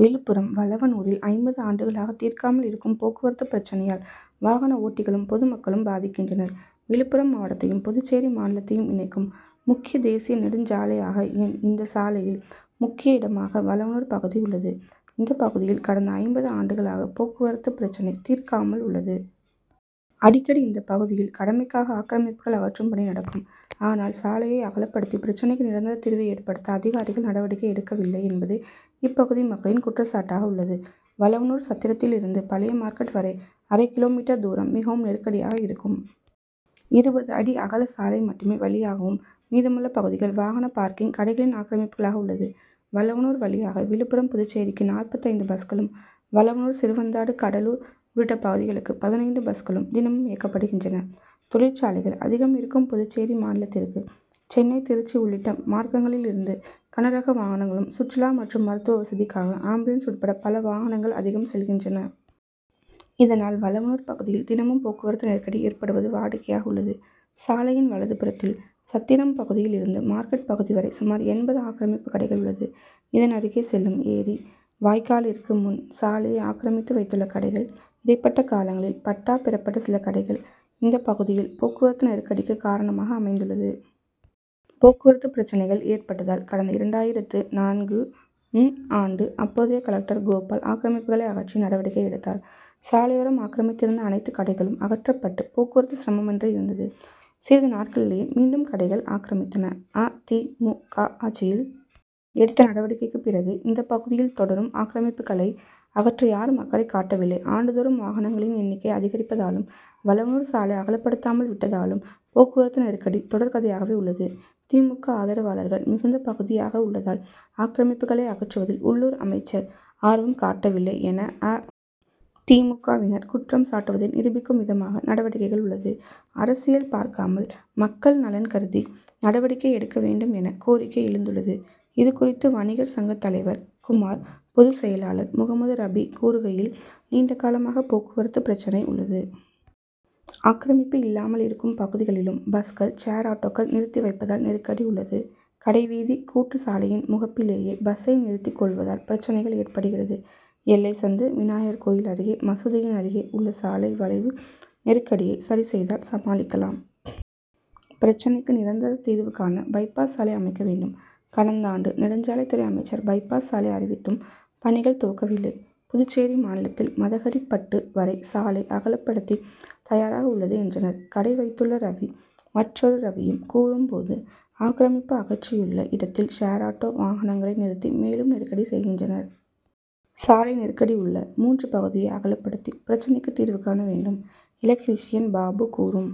விழுப்புரம் வளவனூரில் ஐம்பது ஆண்டுகளாக தீர்க்காமல் இருக்கும் போக்குவரத்து பிரச்னையால் வாகன ஓட்டிகளும், பொது மக்களும் பாதிக்கின்றனர். விழுப்புரம் மாவட்டத்தையும், புதுச்சேரி மாநிலத்தையும் இணைக்கும் முக்கிய தேசிய நெடுஞ்ச் சாலையாக என். இந்த சாலையில் முக்கிய இடமாக வளவனூர் பகுதி உள்ளது. இந்த பகுதியில் கடந்த ஐம்பது ஆண்டுகளாக போக்குவரத்து பிரச்னை தீர்க்காமல் உள்ளது. அடிக்கடி இந்த பகுதியில் கடமைக்காக ஆக்கிரமிப்புகள் அகற்றும் பணி நடக்கும். ஆனால் சாலையை அகலப்படுத்தி பிரச்னைக்கு நிரந்தர தீர்வு ஏற்படுத்த அதிகாரிகள் நடவடிக்கை எடுக்கவில்லை என்பதே இப்பகுதி மக்களின் குற்றச்சாட்டாக உள்ளது. வளவனூர் சத்திரத்திலிருந்து பழைய மார்க்கெட் வரை அரை கிலோ மீட்டர் தூரம் மிகவும் நெருக்கடியாக இருக்கும். இருபது அடி அகல சாலை மட்டுமே வழியாகவும் மீதமுள்ள பகுதிகள் வாகன பார்க்கிங், கடைகளின் ஆக்கிரமிப்புகளாக உள்ளது. வளவனூர் வழியாக விழுப்புரம்-புதுச்சேரிக்கு நாற்பத்து ஐந்து பஸ்களும், வளவனூர், சிறுவந்தாடு, கடலூர் உள்ளிட்ட பகுதிகளுக்கு பதினைந்து பஸ்களும் தினமும் இயக்கப்படுகின்றன. தொழிற்சாலைகள் அதிகம் இருக்கும் புதுச்சேரி மாநிலத்திற்கு சென்னை, திருச்சி உள் ளிட்ட மார்க்கங்களிலிருந்து கனரக வாகனங்களும், சுற்றுலா மற்றும் மருத்துவ வசதிக்காக ஆம்புலன்ஸ் உட்பட பல வாகனங்கள் அதிகம் செல்கின்றன. இதனால் வளவனூர் பகுதியில் தினமும் போக்கு வரத்து நெருக்கடி ஏற்படுவது வாடிக்கையாக உள்ளது. சாலையின் வலது புறத்தில் சத்திரம் பகுதியில் இருந்து மார்க்கெட் பகுதி வரை சுமார் எண்பது ஆக்கிரமிப்பு கடைகள் உள்ளது. இதனருகே செல்லும் ஏரி வாய்க்காலிற்கு முன் சாலையை ஆக்கிரமித்து வைத்துள்ள கடைகள், இடைப்பட்ட காலங்களில் பட்டா பெறப்பட்ட சில கடைகள் இந்த பகுதியில் போக்குவரத்து நெருக்கடிக்கு காரணமாக அமைந்துள்ளது. போக்குவரத்து பிரச்னைகள் ஏற்பட்டதால் கடந்த இரண்டாயிரத்து நான்கு ம் ஆண்டு அப்போதைய கலெக்டர் கோபால் ஆக்கிரமிப்புகளை அகற்றி நடவடிக்கை எடுத்தார். சாலையோரம் ஆக்கிரமித்திருந்த அனைத்து கடைகளும் அகற்றப் பட்டு போக்குவரத்து சிரமமின்றி இருந்தது. சிறிது நாட்களிலேயே மீண்டும் கடைகள் ஆக்கிரமித்தன. அ. தி. மு. க.,ஆட்சியில் எடுத்த நடவடிக்கைக்கு பிறகு இந்த பகுதியில் தொடரும் ஆக்கிரமிப்புகளை அகற்ற யாரும் அக்கறை காட்டவில்லை. ஆண்டு தோறும் வாகனங்களின் எண்ணிக்கை அதிகரிப்பதாலும், வளவனூர் சாலை அகலப்படுத்தாமல் விட்டதாலும் போக்குவரத்து நெருக்கடி தொடர் கதையாகவே உள்ளது. தி. மு. க., ஆதரவாளர்கள் மிகுந்த பகுதியாக உள்ளதால் ஆக்கிரமிப்புகளை அகற்றுவதில் உள்ளூர் அமைச்சர் ஆர்வம் காட்டவில்லை என அ. தி. மு. க., வினர் குற்றம் சாட்டுவதை நிரூபிக்கும் விதமாக நடவடிக்கைகள் உள்ளது. அரசியல் பார்க்காமல் மக்கள் நலன் கருதி நடவடிக்கை எடுக்க வேண்டும் என கோரிக்கை எழுந்துள்ளது. இது குறித்து வணிகர் சங்கத் தலைவர் குமார், பொது செயலாளர் முகமது ரபி கூறுகையில்: நீண்ட காலமாக போக்குவரத்து பிரச்னை உள்ளது. ஆக்கிரமிப்பு இல்லாமல் இருக்கும் பகுதிகளிலும் பஸ்கள், ஷேர் ஆட்டோக்கள் நிறுத்தி வைப்பதால் நெருக்கடி உள்ளது. கடைவீதி கூட்டு சாலையின் முகப் பிலேயே பஸ்சை நிறுத்திக் கொள் வதால் பிரச்னை ஏற்படுகிறது. எல்லை சந்து, விநாயகர் கோவில் அருகே, மசூதியின் அருகே உள்ள சாலை வளைவு நெருக்கடியை சரி செய்தால் சமாளிக்கலாம். பிரச்னைக்கு நிரந்தர தீர்வுகாண பைபாஸ் சாலை அமைக்க வேண்டும். கடந் தாண்டு நெடுஞ்சாலைத் துறை அமைச்சர் பைபாஸ் சாலை அறிவித்தும் பணிகள் துவக்கவில்லை. புதுச் சேரி மாநிலத்தில் மதகடிப் பட்டு வரை சாலை அகலப் படுத்தி தயாராக உள்ளது என்றனர். கடை வைத்துள்ள ரவி, மற் றொரு ரவியும் கூறும் போது, ஆக்கிரமிப்பு அகற்றியுள்ள இடத்தில் ஷேர் ஆட்டோ, வாகனங்க ளை நிறுத்தி மேலும் நெருக்கடி செய்கின்றனர். சாலை நெருக்கடி உள்ள மூன்று பகுதியை அகலப்படுத்தி பிரச்னைக்கு தீர்வுகாண வேண்டும். எலக்ட்ரிஷியன் பாபு கூறும்